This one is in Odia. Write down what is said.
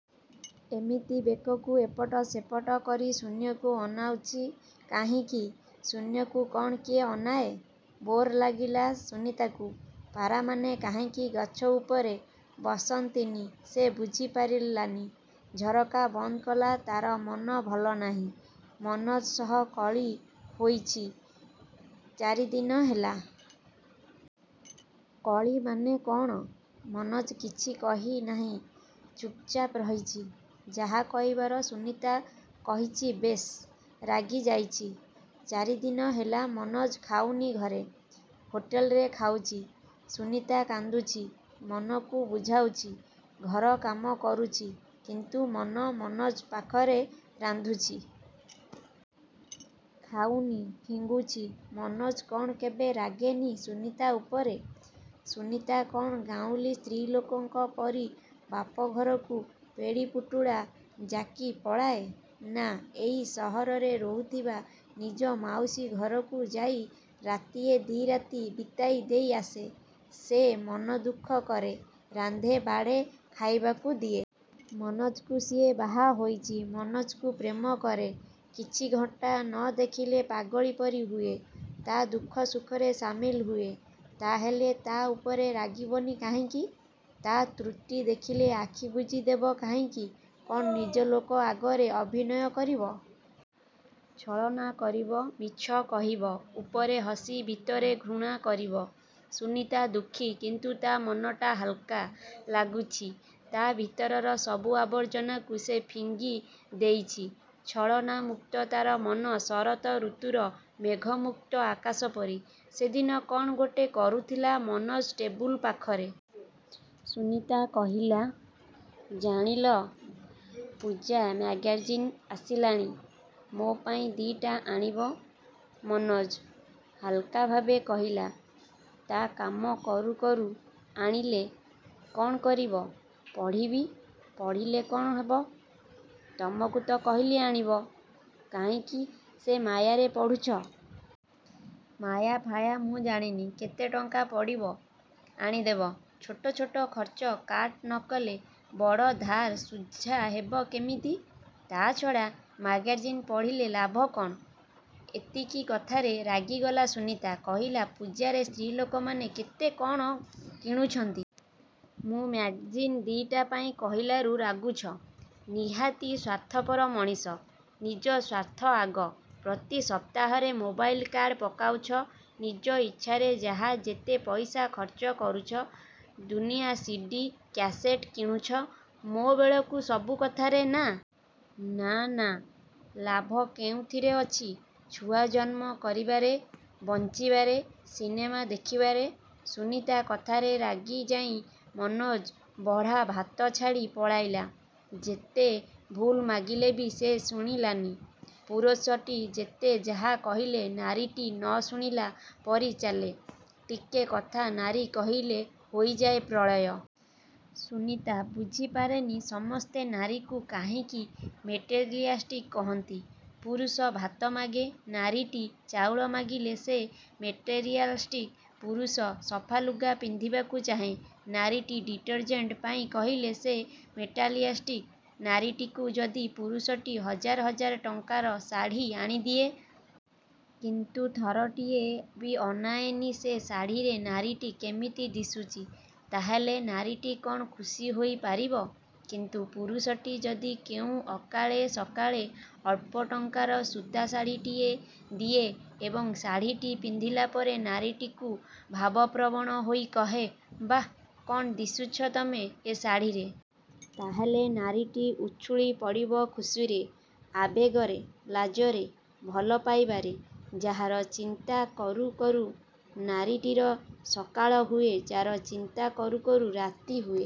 ଏମିତି ବେକକୁ ଏପଟ ସେପଟ କରି ଶୂନ୍ୟକୁ ଅନଉଛି କାହିଁକି? ଶୂନ୍ୟକୁ କ'ଣ କିଏ ଅନାଏ! ବୋର୍ ଲାଗିଲା ସୁନୀତାକୁ। ପାରାମାନେ କାହିଁକି ଗଛ ଉପରେ ବସନ୍ତିନି, ସେ ବୁଝିପାରିଲାନି। ଝର୍କା ବନ୍ଦ କଲା। ତା'ର ମନ ଭଲନାହିଁ। ମନୋଜ ସହ କଳି ହୋଇଛି ଚାରିଦିନ ହେଲା। କଳିମାନେ କ'ଣ? ମନୋଜ କିଛି କହି ନାହିଁ। ଚୂପ୍ଚାପ୍ ରହିଛି। ଯାହା କହିବାର ସୁନୀତା କହିଛି ବେଶ୍ ରାଗିଯାଇ। ଚାରିଦିନ ହେଲା ମନୋଜ ଖାଉନି ଘରେ। ହୋଟେଲରେ ଖାଉଛି। ସୁନୀତା କାନ୍ଦୁଛି। ମନକୁ ବୁଝାଉଛି। ଘର କାମ କରୁଛି। କିନ୍ତୁ ମନ ମନୋଜ ପାଖରେ। ରାନ୍ଧୁଛି। ଖାଉନି। ଫିଙ୍ଗୁଛି। ମନୋଜ କ'ଣ କେବେ ରାଗେନି ସୁନୀତା ଉପରେ? ସୁନୀତା କ'ଣ ଗାଉଁଲି ସ୍ତ୍ରୀଲୋକଙ୍କ ପରି ବାପଘରକୁ ପେଡ଼ି ପୁଟୁଳା ଜାକି ପଳାଏ। ନା, ଏହି ସହରରେ ରହୁଥିବା ନିଜ ମାଉସୀ ଘରକୁ ଯାଇ ରାତିଏ, ଦି'ରାତି ବିତାଇ ଦେଇ ଆସେ। ସେ ମନ ଦୁଃଖ କରେ, ରାନ୍ଧେ, ବାଢ଼େ ଖାଇବାକୁ ଦିଏ। ମନୋଜକୁ ସିଏ ବାହା ହୋଇଛି। ମନୋଜକୁ ପ୍ରେମ କରେ। କିଛି ଘଣ୍ଟା ନ ଦେଖିଲେ ପାଗିଳୀ ପରି ହୁଏ। ତା'ଦୁଃଖ ସୁଖରେ ସାମିଲ ହୁଏ। ତା'ହାଲେ ତା' ଉପରେ ରାଗିବନି କହିଁକି? ତା' ତ୍ରୁଟି ଦେଖିଲେ ଆଖି ବୁଜି ଦେବ କାହିଁକି? କ'ଣ ନିଜ ଲୋକ ଆଗରେ ଅଭିନୟ କରିବ? ଛଳନା କରିବ? ମିଛ କହିବ? ଉପରେ ହସି ଭିତରେ ଘୃଣା କରିବ? ସୁନୀତା ଦୁଃଖୀ କିନ୍ତୁ ତା'ମନଟା ହାଲ୍କା ଲାଗୁଛି। ତା'ଭିତରର ସବୁ ଆର୍ବଜନାକୁ ସେ ଫିଙ୍ଗି ଦେଇଛି। ଛଳନା ମୁକ୍ତ ତା'ର ମନ, ଶରତ ଋତୁର ମେଘମୁକ୍ତ ଆକାଶ ପରି। ସେଦିନ କ'ଣ ଗୋଟେ କରୁଥିଲା ମନୋଜ ଟେବୁଲ ପାଖରେ। ସୁନୀତା କହିଲା, ''ଜାଣିଲ, ପୂଜା ମ୍ୟାଗାଜିନ୍ ଆସିଲାଣି। ମୋ ପାଇଁ ଦି'ଟା ଆଣିବ। '' ମନୋଜ ହାଲ୍କାଭାବେ କହିଲା ତା' କାମ କରୁ କରୁ ''ଆଣିଲେ କ'ଣ କରିବ? '' ''ପଢ଼ିବି। '' -''ପଢ଼ିଲେ କ'ଣ ହେବ? '' -''ତମକୁ ତ କହିଲି ଆଣିବ? '' -''କାହିଁକି ସେ ମାୟାରେ ପଡ଼ୁଛ? '' -''ମାୟା ଫାୟା ମୁଁ ଜାଣିନି। କେତେବା ଟଙ୍କା ପଡ଼ିବ ଆଣିଦେବ। '' -''ଛୋଟ ଛୋଟ ଖର୍ଚ୍ଚ କାଟ ନ କଲେ ବଡ଼ ଧାର ସୁଝା ହେବ କେମିତି। '' ''ତା'ଛଡ଼ା ମ୍ୟାଗାଜିନ୍ ପଢ଼ିଲେ ଲାଭ କ'ଣ? '' ଏତିକି କଥାରେ ରାଗିଗଲା ସୁନୀତା। କହିଲା, ''ପୂଜାରେ ସ୍ତ୍ରୀଲୋକମାନେ କେତେ କ'ଣ କିଣୁଛନ୍ତି। ମୁଁ ମ୍ୟାଗାଜିନ୍ ଦି'ଟା ପାଇଁ କହିଲାରୁ ରାଗୁଛ। ନିହାତି ସ୍ୱାର୍ଥପର ମଣିଷ। ନିଜ ସ୍ୱାର୍ଥ ଆଗ। ପ୍ରତି ସପ୍ତାହରେ ମୋବାଇଲ୍ କାର୍ଡ଼ ପକାଉଛ। ନିଜ ଇଚ୍ଛାରେ ଯାହା ଯେତେ ପଇସା ଖର୍ଚ୍ଚ କରୁଛ। ଦୁନିଆ ସିଡ଼ି, କ୍ୟାସେଟ୍ କିଣୁଛ। ମୋ ବେଳକୁ ସବୁ କଥାରେ ନା ନା ନା। ଲାଭ କେଉଁଥିରେ ଅଛି? ଛୁଆ ଜନ୍ମ କରିବାରେ, ବଂଚିବାରେ ସିନେମା ଦେଖିବାରେ। '' ସୁନୀତା କଥାରେ ରାଗିଯାଇ ମନୋଜ ବଢ଼ା ଭାତ ଛାଡ଼ି ପଳାଇଲା। ଯେତେ ଭୁଲ ମାଗିଲେ ବି ସେ ଶୁଣିଲାନି। ପୁରୁଷଟି ଯେତେ ଯାହା କହିଲେ ନାରୀଟି ନ ଶୁଣିଲା ପରି ଚାଲେ, ଟିକେ କଥା ନାରୀ କହିଲେ ହୋଇଯାଏ ପ୍ରଳୟ। ସୁନୀତା ବୁଝିପାରେନି ସମସ୍ତେ ନାରୀକୁ କାହିଁକି ମେଟେରିଆଲ୍ଷ୍ଟିକ୍ କହନ୍ତି। ପୁରୁଷ ଭାତ ମାଗେ, ନାରୀଟି ଚାଉଳ ମାଗିଲେ ସେ ମେଟେରିଆଲ୍ଷ୍ଟିକ୍। ପୁରୁଷ ସଫାଲୁଗା ପିନ୍ଧିବାକୁ ଚାହେଁ, ନାରୀଟି ଡିଟରଜେଣ୍ଟ ପାଇଁ କହିଲେ ସେ ମେଟେରିଆଲ୍ଷ୍ଟିକ୍! ନାରୀଟିକୁ ଯଦି ପୁରୁଷଟି ହଜାର ହଜାର ଟଙ୍କାର ଶାଢ଼ୀ ଆଣି ଦିଏ। କିନ୍ତୁ ଥରଟିଏ ବି ଅନାଏନି ସେ ଶାଢ଼ୀରେ ନାରୀଟି କେମିତି ଦୁଶୁଛି, ତା'ହେଲେ ନାରୀଟି କ'ଣ ଖୁସି ହୋଇ ପାରିବ! କିନ୍ତୁ ପୁରୁଷଟି ଯଦି କେଉଁ ଅକାଳେ ସକାଳେ ଅଳ୍ପ ଟଙ୍କାର ସୂତା ଶାଢ଼ୀଟିଏ ଦିଏ ଏବଂ ଶାଢ଼ିଟି ପିନ୍ଧିଲା ପରେ ନାରୀଟିକୁ ଭାବପ୍ରବଣ ହୋଇ କହେ, ''ବାଃ, କ'ଣ ଦିଶୁଛ ତମେ ଏ ଶାଢ଼ୀରେ! '' ତା'ହେଲେ ନାରୀଟି ଉଛୁଳି ପଡ଼ିବ ଖୁସିରେ, ଆବେଗରେ, ଲାଜରେ, ଭଲପାଇବାରେ। ଯାହାର ଚିନ୍ତା କରୁ କରୁ ନାରୀଟିର ସକାଳ ହୁଏ। ଯା'ର ଚିନ୍ତା କରୁ କରୁ ରାତି ହୁଏ।